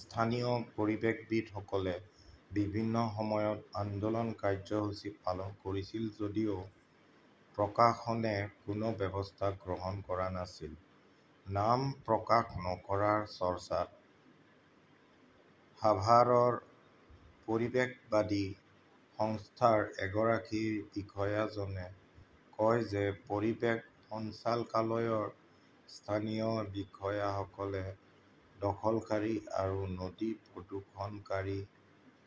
স্থানীয় পৰিৱেশবিদসকলে বিভিন্ন সময়ত আন্দোলন কাৰ্যসূচী পালন কৰিছিল যদিও প্ৰশাসনে কোনো ব্যৱস্থা গ্ৰহণ কৰা নাছিল। নাম প্ৰকাশ নকৰাৰ চৰ্তত সাভাৰৰ পৰিৱেশবাদী সংস্থাৰ এগৰাকী বিষয়াজনে কয় যে পৰিৱেশ সঞ্চালকালয়ৰ স্থানীয় বিষয়াসকলে দখলকাৰী আৰু নদী প্ৰদূষণকাৰী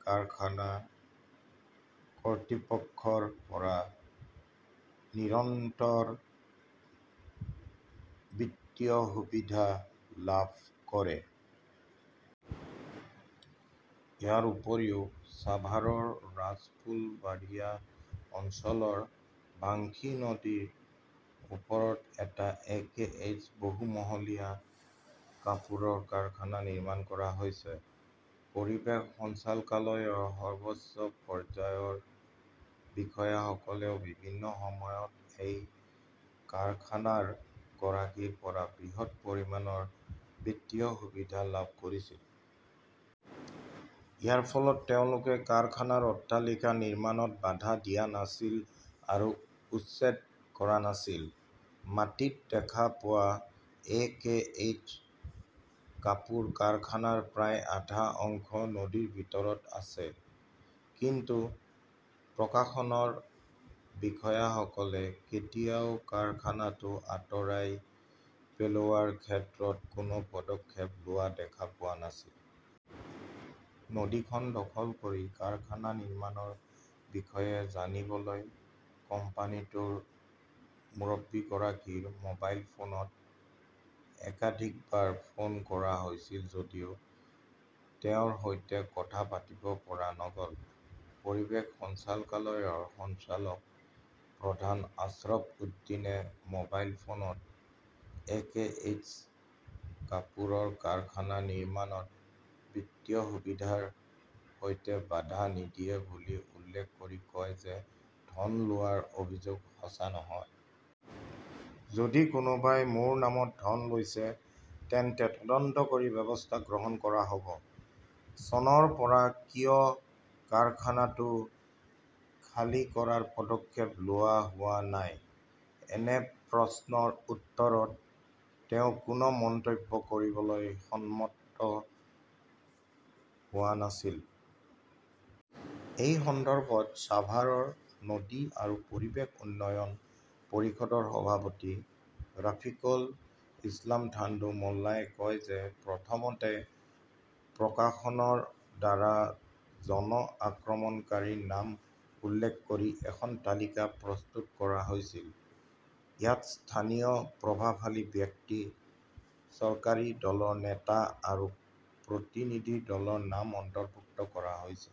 কাৰখানা কৰ্তৃপক্ষৰ পৰা নিৰন্তৰ বিত্তীয় সুবিধা লাভ কৰে। ইয়াৰ উপৰিও ছাভাৰৰ ৰাজফুলবাৰিয়া অঞ্চলৰ বাংশী নদীৰ ওপৰত এটা একেএইচ বহুমহলীয়া কাপোৰৰ কাৰখানা নিৰ্মাণ কৰা হৈছে। পৰিৱেশ সঞ্চালকালয়ৰ সৰ্বোচ্চ পৰ্যায়ৰ বিষয়াসকলেও বিভিন্ন সময়ত এই কাৰখানাৰ গৰাকীৰ পৰা বৃহৎ পৰিমাণৰ বিত্তীয় সুবিধা লাভ কৰিছিল। ইয়াৰ ফলত তেওঁলোকে কাৰখানাৰ অট্টালিকা নিৰ্মাণত বাধা দিয়া নাছিল আৰু উচ্ছেদ কৰা নাছিল। মাটিত দেখা পোৱা এ. কে. এইচ. কাপোৰ কাৰখানাৰ প্ৰায় আধা অংশ নদীৰ ভিতৰত আছে। কিন্তু প্ৰশাসনৰ বিষয়াসকলে কেতিয়াও কাৰখানাটো আঁতৰাই পেলোৱাৰ ক্ষেত্ৰত কোনো পদক্ষেপ লোৱা দেখা পোৱা নাছিল। নদীখন দখল কৰি কাৰখানা নিৰ্মাণৰ বিষয়ে জানিবলৈ কোম্পানীটোৰ মুৰব্বীগৰাকীৰ মোবাইল ফোনত একাধিকবাৰ ফোন কৰা হৈছিল যদিও তেওঁৰ সৈতে কথা পাতিব পৰা নগ "ল। পৰিৱেশ সঞ্চালকালয়ৰ সঞ্চালক প্ৰধান আশ্ৰফ উদ্দিনে মোবাইল ফোনত একেএইচ কাপোৰৰ কাৰখানা নিৰ্মাণত বিত্তীয় সুবিধাৰ সৈতে বাধা নিদিয়ে বুলি উল্লেখ কৰি কয় যে ধন লোৱাৰ অভিযোগ সঁচা নহয়। যদি কোনোবাই মোৰ নামত ধন লৈছে তেন্তে তদন্ত কৰি ব্যৱস্থা গ্ৰহণ কৰা হ "ব। চনৰ পৰা কিয় কাৰখানাটো খালী কৰাৰ পদক্ষেপ লোৱা হোৱা নাই? এনে প্ৰশ্নৰ উত্তৰত তেওঁ কোনো মন্তব্য কৰিবলৈ সন্মত হোৱা নাছিল। এই সন্দৰ্ভত ছাভাৰৰ 'নদী আৰু পৰিৱেশ উন্নয়ন "পৰিষদৰ সভাপতি ৰাফিকল ইছলাম থান্ডু মোল্লাৱে কয় যে প্ৰথমতে প্ৰশাসনৰ দ্বাৰা জন আক্ৰমণকাৰীৰ নাম উল্লেখ কৰি এখন তালিকা প্ৰস্তুত কৰা হৈছিল। ইয়াত স্থানীয় প্ৰভাৱশালী ব্যক্তি, চৰকাৰী দলৰ নেতা আৰু প্ৰতিনিধি দলৰ নাম অন্তৰ্ভুক্ত কৰা হৈছে।